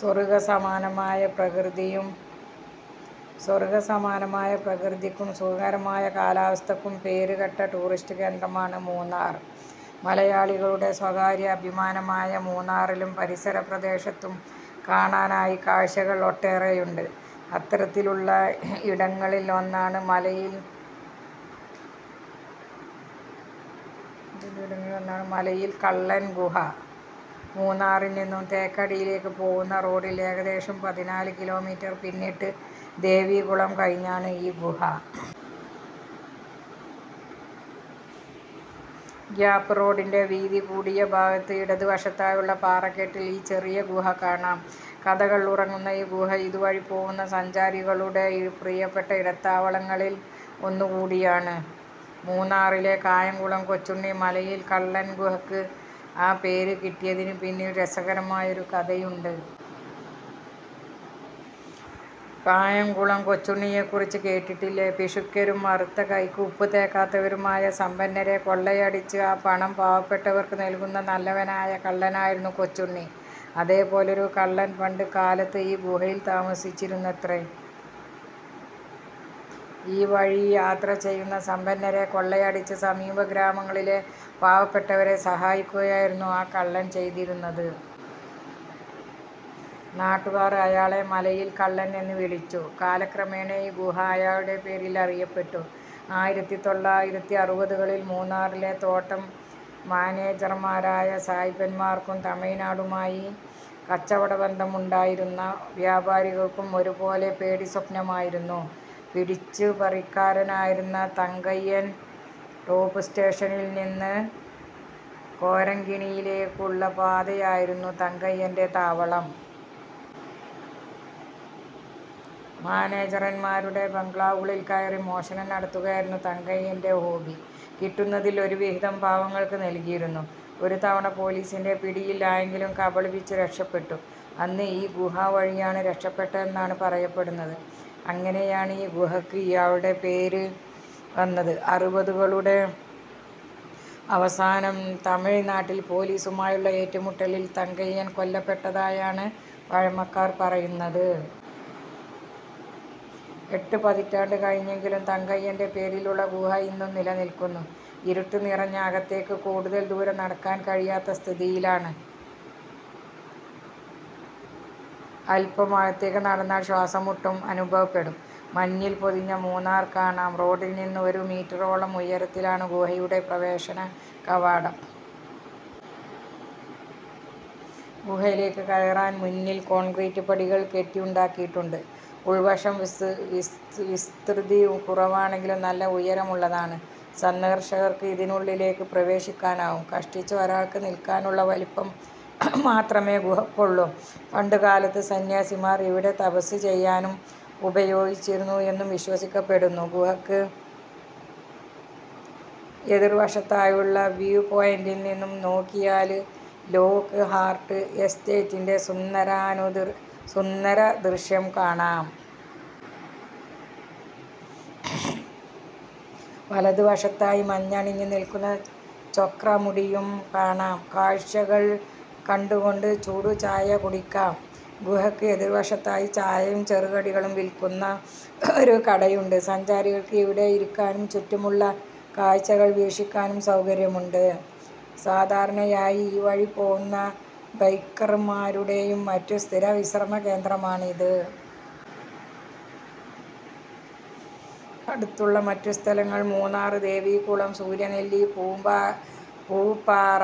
സ്വർഗ്ഗ സമാനമായ പ്രകൃതിക്കും സുഖകരമായ കാലാവസ്ഥയ്ക്കും പേരുകേട്ട ടൂറിസ്റ്റ് കേന്ദ്രമാണ് മൂന്നാർ. മലയാളികളുടെ സ്വകാര്യ അഭിമാനമായ മൂന്നാറിലും പരിസരപ്രദേശത്തും കാണാനായി കാഴ്ചകൾ ഒട്ടേറെയുണ്ട്. അത്തരത്തിലുള്ള ഇടങ്ങളിൽ ഒന്നാണ് മലയിൽ കള്ളൻ ഗുഹ. മൂന്നാറിൽ നിന്നും തേക്കടിയിലേക്ക് പോകുന്ന റോഡിൽ, ഏകദേശം പതിനാലു കിലോമീറ്റർ പിന്നിട്ട്, ദേവികുളം കഴിഞ്ഞാണ് ഈ ഗുഹ. ഗ്യാപ്പ് റോഡിന്റെ വീതി കൂടിയഭാഗത്ത്, ഇടത് വശത്തായുള്ള പാറക്കെട്ടിൽ ഈ ചെറിയ ഗുഹ കാണാം. കഥകൾ ഉറങ്ങുന്ന ഈ ഗുഹ ഇതുവഴി പോകുന്ന സഞ്ചാരികളുടെ പ്രിയപ്പെട്ട ഇടത്താവളങ്ങളിൽ ഒന്നുകൂടിയാണ്. മൂന്നാറിലെ കായംകുളം കൊച്ചുണ്ണി! മലയിൽ കള്ളൻ ഗുഹയ്ക്ക് ആ പേര് കിട്ടിയതിനു പിന്നിൽ രസകരമായ ഒരു കഥയുണ്ട്. കായംകുളം കൊച്ചുണ്ണിയെക്കുറിച്ച് കേട്ടിട്ടില്ലേ? പിശുക്കരും അറുത്ത കൈക്ക് ഉപ്പുതേക്കാത്തവരുമായ സമ്പന്നരെ കൊള്ളയടിച്ച്, ആ പണം പാവപ്പെട്ടവർക്ക് നൽകുന്ന നല്ലവനായ കള്ളനായിരുന്നു കൊച്ചുണ്ണി. അതേ പോലൊരു കള്ളൻ പണ്ട് കാലത്ത് ഈ ഗുഹയിൽ താമസിച്ചിരുന്നത്രേ. ഈ വഴി യാത്ര ചെയ്യുന്ന സമ്പന്നരെ കൊള്ളയടിച്ച് സമീപ ഗ്രാമങ്ങളിലെ പാവപ്പെട്ടവരെ സഹായിക്കുകയായിരുന്നു ആ കള്ളൻ ചെയ്തിരുന്നത്. നാട്ടുകാർ അയാളെ ' മലയിൽ കള്ളൻ ' എന്ന് വിളിച്ചു. കാലക്രമേണ, ഈ ഗുഹ അയാളുടെ പേരിൽ അറിയപ്പെട്ടു. ആയിരത്തിതൊള്ളായിരത്തിഅറുപതുകളിൽ മൂന്നാറിലെ തോട്ടം മാനേജർമാരായ സായ്പന്മാർക്കും തമിഴ്നാടുമായി കച്ചവട ബന്ധം ഉണ്ടായിരുന്ന വ്യാപാരികൾക്കും ഒരുപോലെ പേടിസ്വപ്നം ആയിരുന്നു പിടിച്ചുപറിക്കാരനായിരുന്ന തങ്കയ്യൻ. ടോപ് സ്റ്റേഷനിൽ നിന്ന് കൊരങ്കിണിയിലേക്കുള്ള പാതയായിരുന്നു തങ്കയ്യന്റെ താവളം. മാനേജർമാരുടെ ബംഗ്ലാവുകളിൽ കയറി മോഷണം നടത്തുകയായിരുന്നു തങ്കയ്യന്റെ ഹോബി. കിട്ടുന്നതിൽ ഒരു വിഹിതം പാവങ്ങൾക്കു നൽകിയിരുന്നു. ഒരുതവണ പൊലീസിന്റെ പിടിയിൽ ആയെങ്കിലും കബളിപ്പിച്ചു രക്ഷപ്പെട്ടു. അന്ന് ഈ ഗുഹ വഴിയാണ് രക്ഷപ്പെട്ടതെന്നാണ് പറയപ്പെടുന്നത്. അങ്ങനെയാണ് ഈ ഗുഹയ്ക്ക് ഇയാളുടെ പേര് വന്നത്. അറുപതുകളുടെ അവസാനം തമിഴ്നാട്ടിൽ പൊലീസുമായുള്ള ഏറ്റുമുട്ടലിൽ തങ്കയ്യൻ കൊല്ലപ്പെട്ടതായാണ് പഴമക്കാർ പറയുന്നത്. എട്ട് പതിറ്റാണ്ട് കഴിഞ്ഞെങ്കിലും തങ്കയ്യന്റെ പേരിലുള്ള ഗുഹ ഇന്നും നിലനിൽക്കുന്നു. ഇരുട്ട് നിറഞ്ഞ് അകത്തേക്ക് കൂടുതൽ ദൂരം നടക്കാൻ കഴിയാത്ത സ്ഥിതിയിലാണ്. അൽപം അകത്തേക്ക് നടന്നാൽ ശ്വാസംമുട്ടും അനുഭവപ്പെടും. മഞ്ഞിൽ പൊതിഞ്ഞ മൂന്നാർ കാണാം റോഡിൽ നിന്ന് ഒരു മീറ്ററോളം ഉയരത്തിലാണ് ഗുഹയുടെ പ്രവേശന കവാടം. ഗുഹയിലേക്ക് കയറാൻ മുന്നിൽ കോൺക്രീറ്റ് പടികൾ കെട്ടി ഉണ്ടാക്കിയിട്ടുണ്ട്. ഉൾവശം വിസ്തൃതി കുറവാണെങ്കിലും നല്ല ഉയരമുള്ളതാണ്. സന്ദർശകർക്ക് ഇതിനുള്ളിലേക്ക് പ്രവേശിക്കാനാവും. കഷ്ടിച്ച് ഒരാൾക്ക് നിൽക്കാനുള്ള വലിപ്പം മാത്രമേ ഗുഹയ്ക്ക് ഉള്ളു. പണ്ടുകാലത്ത് സന്യാസിമാർ ഇവിടെ തപസ്സു ചെയ്യാനും ഉപയോഗിച്ചിരുന്നു എന്നും വിശ്വസിക്കപ്പെടുന്നു. ഗുഹക്ക് എതിർ വശത്തായുള്ള വ്യൂപോയിന്റിൽ നിന്നും നോക്കിയാല് ലോക്ക് ഹാർട്ട് എസ്റ്റേറ്റിന്റെ സുന്ദരദൃശ്യം കാണാം. വലത് വശത്തായി മഞ്ഞണിഞ്ഞ് നിൽക്കുന്ന ചൊക്രമുടിയും കാണാം. കാഴ്ചകൾ കണ്ടുകൊണ്ട് ചൂടുചായ കുടിക്കാം ഗുഹയ്ക്ക് എതിർവശത്തായി ചായയും ചെറുകടികളും വിൽക്കുന്ന ഒരു കടയുണ്ട്. സഞ്ചാരികൾക്ക് ഇവിടെ ഇരിക്കാനും ചുറ്റുമുള്ള കാഴ്ചകൾ വീക്ഷിക്കാനും സൗകര്യമുണ്ട്. സാധാരണയായി ഈ വഴി പോകുന്ന ബൈക്കർമാരുടെയും മറ്റും സ്ഥിരം വിശ്രമകേന്ദ്രമാണ് ഇത്. അടുത്തുള്ള മറ്റ് സ്ഥലങ്ങൾ മൂന്നാർ, ദേവികുളം, സൂര്യനെല്ലി, പൂപ്പാറ,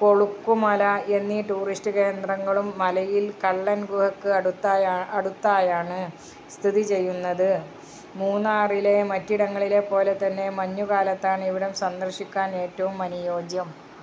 കൊളുക്കുമല എന്നീ ടൂറിസ്റ്റ് കേന്ദ്രങ്ങളും മലയിൽ കള്ളൻ ഗുഹയ്ക്ക് അടുത്തായാണ് സ്ഥിതിചെയ്യുന്നത്. മൂന്നാറിലെ മറ്റിടങ്ങളെപ്പോലെ തന്നെ മഞ്ഞുകാലത്താണ് ഇവിടം സന്ദർശിക്കാൻ ഏറ്റവും അനുയോജ്യം.